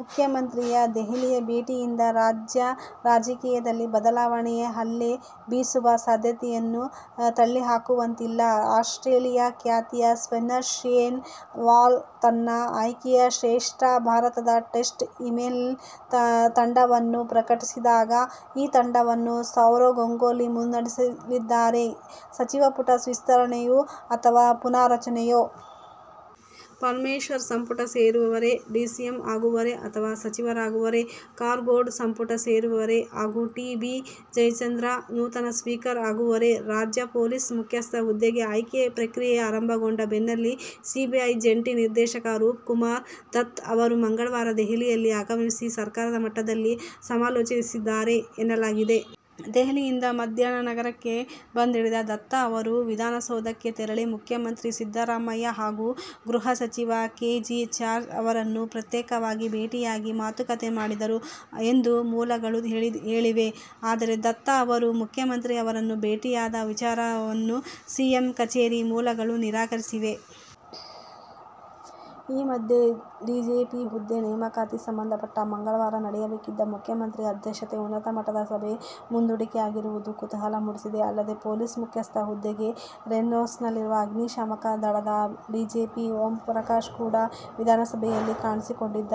ಮುಖ್ಯಮಂತ್ರಿಯ ದೆಹಲಿ ಭೇಟಿಯಿಂದ ರಾಜ್ಯ ರಾಜಕೀಯದಲ್ಲಿ ಬದಲಾವಣೆಯ ಅಲೆ ಬೀಸುವ ಸಾಧ್ಯತೆಯನ್ನು ತಳ್ಳಿಹಾಕುವಂತಿಲ್ಲ. ಆಸ್ಟ್ರೇಲಿಯದ ಖ್ಯಾತ ಸ್ಪಿನ್ನರ್ ಶೇನ್ ವಾರ್ನ್ ತನ್ನ ಆಯ್ಕೆಯ ಶ್ರೇಷ್ಠ ಭಾರತ ಟೆಸ್ಟ್ ಇಲೆವೆನ್ ತಂಡವನ್ನು ಪ್ರಕಟಿಸಿದ್ದಾರೆ. ಈ ತಂಡವನ್ನು ಸೌರವ್ ಗಂಗೂಲಿ ಮುನ್ನಡೆಸಲಿದ್ದಾರೆ. ಸಚಿವ ಸಂಪುಟ ವಿಸ್ತರಣೆಯೋ ಅಥವಾ ಪುನಾರಚನೆಯೋ? ಪರಮೇಶ್ವರ್ ಸಂಪುಟ ಸೇರುವರೇ, ಡಿಸಿಎಂ ಆಗುವರೇ ಅಥವಾ ಸಚಿವರಾಗುವರೇ? ಕಾಗೋಡು ಸಂಪುಟ ಸೇರುವರೇ ಹಾಗೂ ಟಿ. ಬಿ. ಜಯಚಂದ್ರ ನೂತನ ಸ್ಪೀಕರ್ ಆಗುವರೇ? ರಾಜ್ಯ ಪೊಲೀಸ್ ಮುಖ್ಯಸ್ಥ ಹುದ್ದೆಗೆ ಆಯ್ಕೆ ಪ್ರಕ್ರಿಯೆ ಆರಂಭಗೊಂಡ ಬೆನ್ನಲ್ಲೇ ಸಿಬಿಐ ಜಂಟಿ ನಿರ್ದೇಶಕ ರೂಪ್ ಕುಮಾರ್ ದತ್ತಾ ಅವರು ಮಂಗಳವಾರ ದೆಹಲಿಯಿಂದ ಆಗಮಿಸಿ ಸರ್ಕಾರ ಮಟ್ಟದಲ್ಲಿ ಸಮಾಲೋಚಿಸಿದ್ದಾರೆ ಎನ್ನಲಾಗಿದೆ. ದೆಹಲಿಯಿಂದ ಮಧ್ಯಾಹ್ನ ನಗರಕ್ಕೆ ಬಂದಿಳಿದ ದತ್ತಾ ಅವರು, ವಿಧಾನಸೌಧಕ್ಕೆ ತೆರಳಿ ಮುಖ್ಯಮಂತ್ರಿ ಸಿದ್ದರಾಮಯ್ಯ ಹಾಗೂ ಗೃಹ ಸಚಿವ ಕೆ. ಜೆ. ಜಾರ್ಜ್ ಅವರನ್ನು ಪ್ರತ್ಯೇಕವಾಗಿ ಭೇಟಿಯಾಗಿ ಮಾತುಕತೆ ಮಾಡಿದರು ಎಂದು ಮೂಲಗಳು ಹೇಳುತ್ತವೆ. ಆದರೆ, ದತ್ತಾ ಅವರು ಮುಖ್ಯಮಂತ್ರಿ ಅವರನ್ನು ಭೇಟಿಯಾದ ವಿಚಾರವನ್ನು ಸಿಎಂ ಕಚೇರಿ ಮೂಲಗಳು ನಿರಾಕರಿಸಿವೆ. ಈ ಮಧ್ಯೆ ಡಿಜಿಪಿ ಹುದ್ದೆ ನೇಮಕಾತಿ ಸಂಬಂಧ ಮಂಗಳವಾರ ನಡೆಯಬೇಕಿದ್ದ ಮುಖ್ಯಮಂತ್ರಿ ಅಧ್ಯಕ್ಷತೆಯ ಉನ್ನತ ಮಟ್ಟದ ಸಭೆ ಮುಂದೂಡಿಕೆಯಾಗಿರುವುದು ಕುತೂಹಲ ಮೂಡಿಸಿದೆ. ಅಲ್ಲದೆ ಪೊಲೀಸ್ ಮುಖ್ಯಸ್ಥ ಹುದ್ದೆ ರೇಸ್ನಲ್ಲಿರುವ ಅಗ್ನಿಶಾಮಕ ದಳದ ಡಿಜಿಪಿ ಓಂಪ್ರಕಾಶ್ ಕೂಡ ವಿಧಾನಸೌಧಲ್ಲಿ ಕಾಣಿಸಿಕೊಂಡಿದ್ದರು.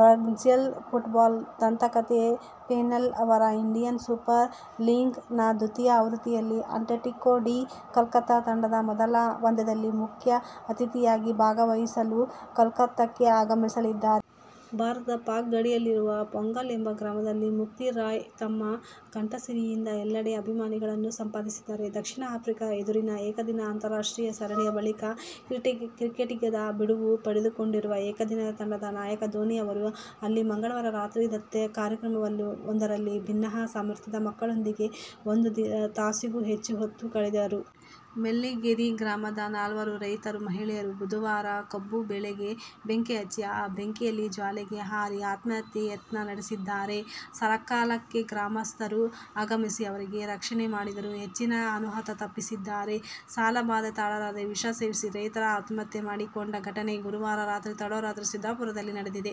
ಬ್ರಝಿಲ್ನ ಫುಟ್ಬಾಲ್ ದಂತಕತೆ ಪೀಲೆ ಅವರು ಇಂಡಿಯನ್ ಸೂಪರ್ ಲೀಗ್ ನ ದ್ವಿತೀಯ ಆವೃತ್ತಿಯ ಅಟ್ಲೆಟಿಕೊ ಡಿ ಕೋಲ್ಕತಾ ತಂಡದ ಮೊದಲ ಪಂದ್ಯದಲ್ಲಿ ಮಖ್ಯ ಅತಿಥಿಯಾಗಿ ಭಾಗವಹಿಸಲು ಕೋಲ್ಕತಾಕ್ಕೆ ಆಗಮಿಸಲಿದ್ದಾರೆ. ಭಾರತ-ಪಾಕ್ ಗಡಿಯಲ್ಲಿರುವ ಪೂಗಲ್ ಎಂಬ ಗ್ರಾಮದ ಮುಖ್ತಿಯಾರ್, ತಮ್ಮ ಕಂಠಸಿರಿಯಿಂದ ಎಲ್ಲೆಡೆ ಅಭಿಮಾನಿಗಳನ್ನು ಸಂಪಾದಿಸಿದ್ದಾರೆ. ದಕ್ಷಿಣ ಆಫ್ರಿಕಾ ಎದುರಿನ ಏಕದಿನ ಅಂತಾರಾಷ್ಟ್ರೀಯ ಸರಣಿಯ ಬಳಿಕ ಕ್ರಿಕೆಟ್ನಿಂದ ಬಿಡುವು ಪಡೆದುಕೊಂಡಿರುವ ಏಕದಿನ ತಂಡದ ನಾಯಕ ಧೋನಿ ಅವರು ಇಲ್ಲಿ ಮಂಗಳವಾರ ರಾತ್ರಿ ದತ್ತಿ ಕಾರ್ಯಕ್ರಮ ವೊಂದರಲ್ಲಿ ಭಿನ್ನ ಸಾಮರ್ಥ್ಯದ ಮಕ್ಕಳೊಂದಿಗೆ ಒಂದು ತಾಸಿಗೂ ಹೆಚ್ಚು ಹೊತ್ತು ಕಳೆದರು. ಮಲ್ಲಿಗೆರೆ ಗ್ರಾಮದ ನಾಲ್ವರು ರೈತ ಮಹಿಳೆಯರು ಬುಧವಾರ ಕಬ್ಬು ಬೆಳೆಗೆ ಬೆಂಕಿ ಹಚ್ಚಿ, ಆ ಬೆಂಕಿಯ ಜ್ವಾಲೆಗೆ ಹಾರಿ ಆತ್ಮಹತ್ಯೆಗೆ ಯತ್ನ ನಡೆಸಿದ್ದಾರೆ. ಸಕಾಲಕ್ಕೆ ಗ್ರಾಮಸ್ಥರು ಆಗಮಿಸಿ ಅವರೆಲ್ಲರ ರಕ್ಷಣೆ ಮಾಡಿದ್ದು, ಹೆಚ್ಚಿನ ಅನಾಹುತ ತಪ್ಪಿಸಿದ್ದಾರೆ. ಸಾಲಬಾಧೆ ತಾಳಲಾರದೆ ವಿಷ ಸೇವಿಸಿ ರೈತ ಆತ್ಮಹತ್ಯೆ ಮಾಡಿಕೊಂಡ ಘಟನೆ ಗುರುವಾರ ತಡರಾತ್ರಿ ಸಿದ್ದಾಪುರದಲ್ಲಿ ನಡೆದಿದೆ.